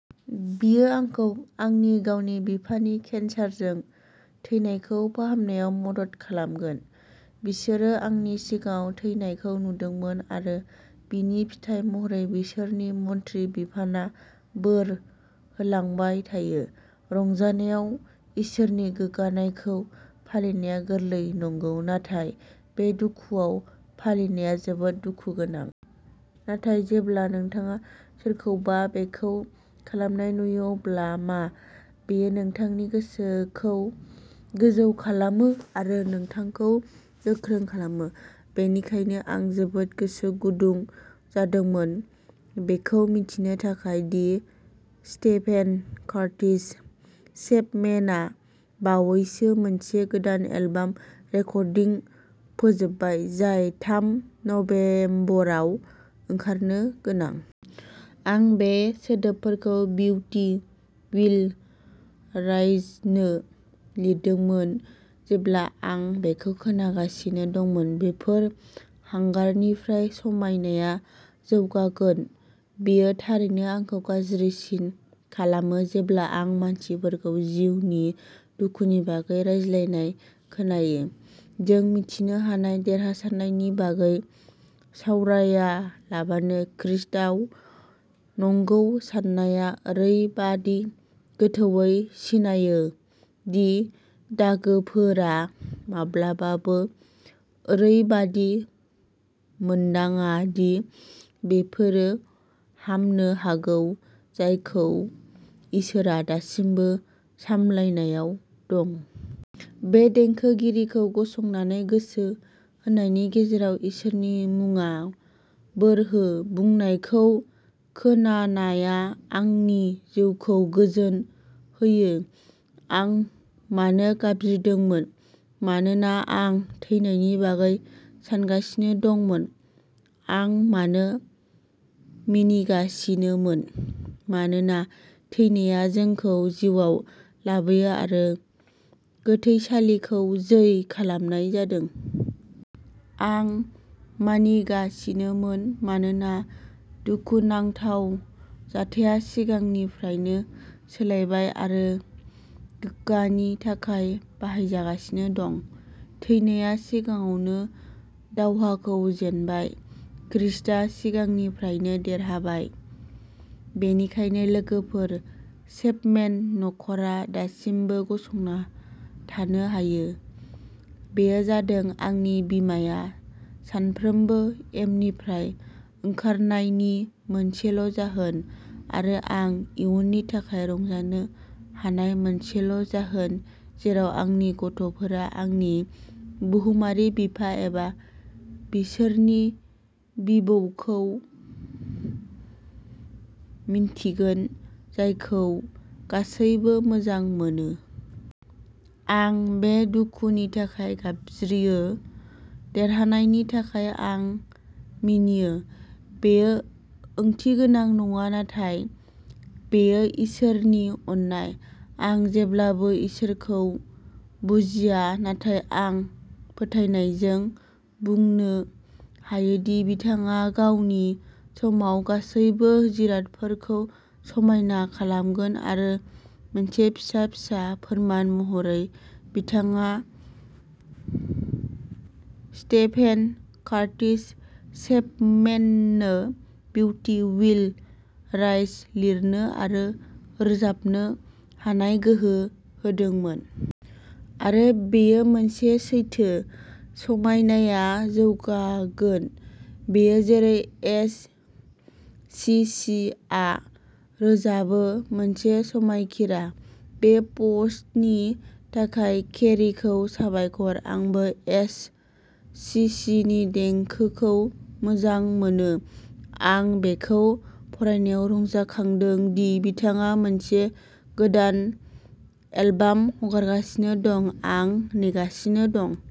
बेयो आंखौ आंनि गावनि बिफानि केन्सारजों थैनायखौ फाहामनायाव मदद खालामगोन। बिसोर आंनि सिगाङाव थैनायखौ नुदोंमोन आरो बिनि फिथाइ महरै बिसोरनि मन्थ्रि बिफाना बोर होलांबाय थायो। रंजानायाव इसोरनि गोग्गानायखौ फालिनाया गोरलै नंगौ। नाथाय बे दुखुआव फालिनाया जोबोद दुखु गोनां। नाथाय जेब्ला नोंथाङा सोरखौबा बेखौ खालामनाय नुयो अब्ला मा बेयो नोंथांनि गोसोखौ गोजौ खालामो आरो नोंथांखौ गोख्रों खालामो? बेनिखायनो आं जोबोद गोसो गुदुं जादोंमोन बेखौ मिथिनो थाखाय दि स्टेभेन कार्टिस चेपमेनआ बावैसो मोनसे गोदान एलबाम रेकर्डिं फोजोबबाय जाय थाम नबेम्बर आव ओंखारनो गोनां। आं बे सोदोबफोरखौ बिउटि विल राइजनो लिरदोंमोन जेब्ला आं बेखौ खोनागासिनो दंमोन। बेफोर हांगारनिफ्राय समायनाया जौगागोन। बेयो थारैनो आंखौ गाज्रिसिन खालामो जेब्ला आं मानसिफोरखौ जिउनि दुखुनि बागै रायज्लायनाय खोनायो जों मिथिनो हानाय देरहासारनायनि बागै सावरायालाबानो ख्रीष्टआव नंगौ सानाया ओरैबादि गोथौवै सिनायो दि दागोफोरा माब्लाबाबो ओरैबादि मोनदाङा दि बेफोरो हामनो हागौ जायखौ इसोरआ दासिमबो सामलायनायाव दं। बे देंखोगिरिखौ गसंनानै गोसो होनायनि गेजेराव "इसोरनि मुङा बोर हो" बुंनायखौ खोनानाया आंनि जिउखौ गोजोन होयो। आं मानो गाबज्रिदोंमोन? मानोना आं थैनायनि बागै सानगासिनो दंमोन। आं मानो मिनिगासिनोमोन? मानोना थैनाया जोंखौ जिउआव लाबोयो आरो गोथैसालिखौ जै खालामनाय जादों। आं मिनिगासिनोमोन मानोना दुखुनांथाव जाथाया सिगांनिफ्रायनो सोलायबाय आरो गोग्गानि थाखाय बाहायजागासिनो दं। थैनाया सिगाङावनो दावहाखौ जेनबाय। ख्रीष्टआ सिगांनिफ्रायनो देरहाबाय। बेनिखायनो लोगोफोर चेपमेन न'खरा दासिमबो गसंना थानो हायो। बेयो जादों आंनि बिमाया सानफ्रोमबो एमनिफ्राय ओंखारनायनि मोनसेल' जाहोन आरो आं इयुननि थाखाय रंजानो हानाय मोनसेल' जाहोन जेराव आंनि गथ'फोरा आंनि बुहुमारि बिफा एबा बिसोरनि बिबौखौ मिन्थिगोन जायखौ गासैबो मोजां मोनो। आं बे दुखुनि थाखाय गाबज्रियो। देरहानायनि थाखाय आं मिनियो। बेयो ओंथिगोनां नङा नाथाय बेयो इसोरनि अननाय। आं जेब्लाबो इसोरखौ बुजिया नाथाय आं फोथायनायजों बुंनो हायोदि बिथाङा गावनि समाव गासैबो जिरादफोरखौ समायना खालामगोन आरो मोनसे फिसा फिसा फोरमान महरै बिथाङा स्टेभेन कार्टिस चेपमेननो बिउटि उइल राइज लिरनो आरो रोजाबनो हानाय गोहो होदोंमोन। आरो बेयो मोनसे सैथो। समायनाया जौगागोन। बेयो, जेरै एस. सि. सि. आ रोजाबो "मोनसे समायखिरा" बे पस्टनि थाखाय केरिखौ साबायखर। आंबो एस. सि. सि. नि देंखोखौ मोजां मोनो। आं बेखौ फरायनायाव रंजाखांदों दि बिथाङा मोनसे गोदान एलबाम हगारगासिनो दं। आं नेगासिनो दं।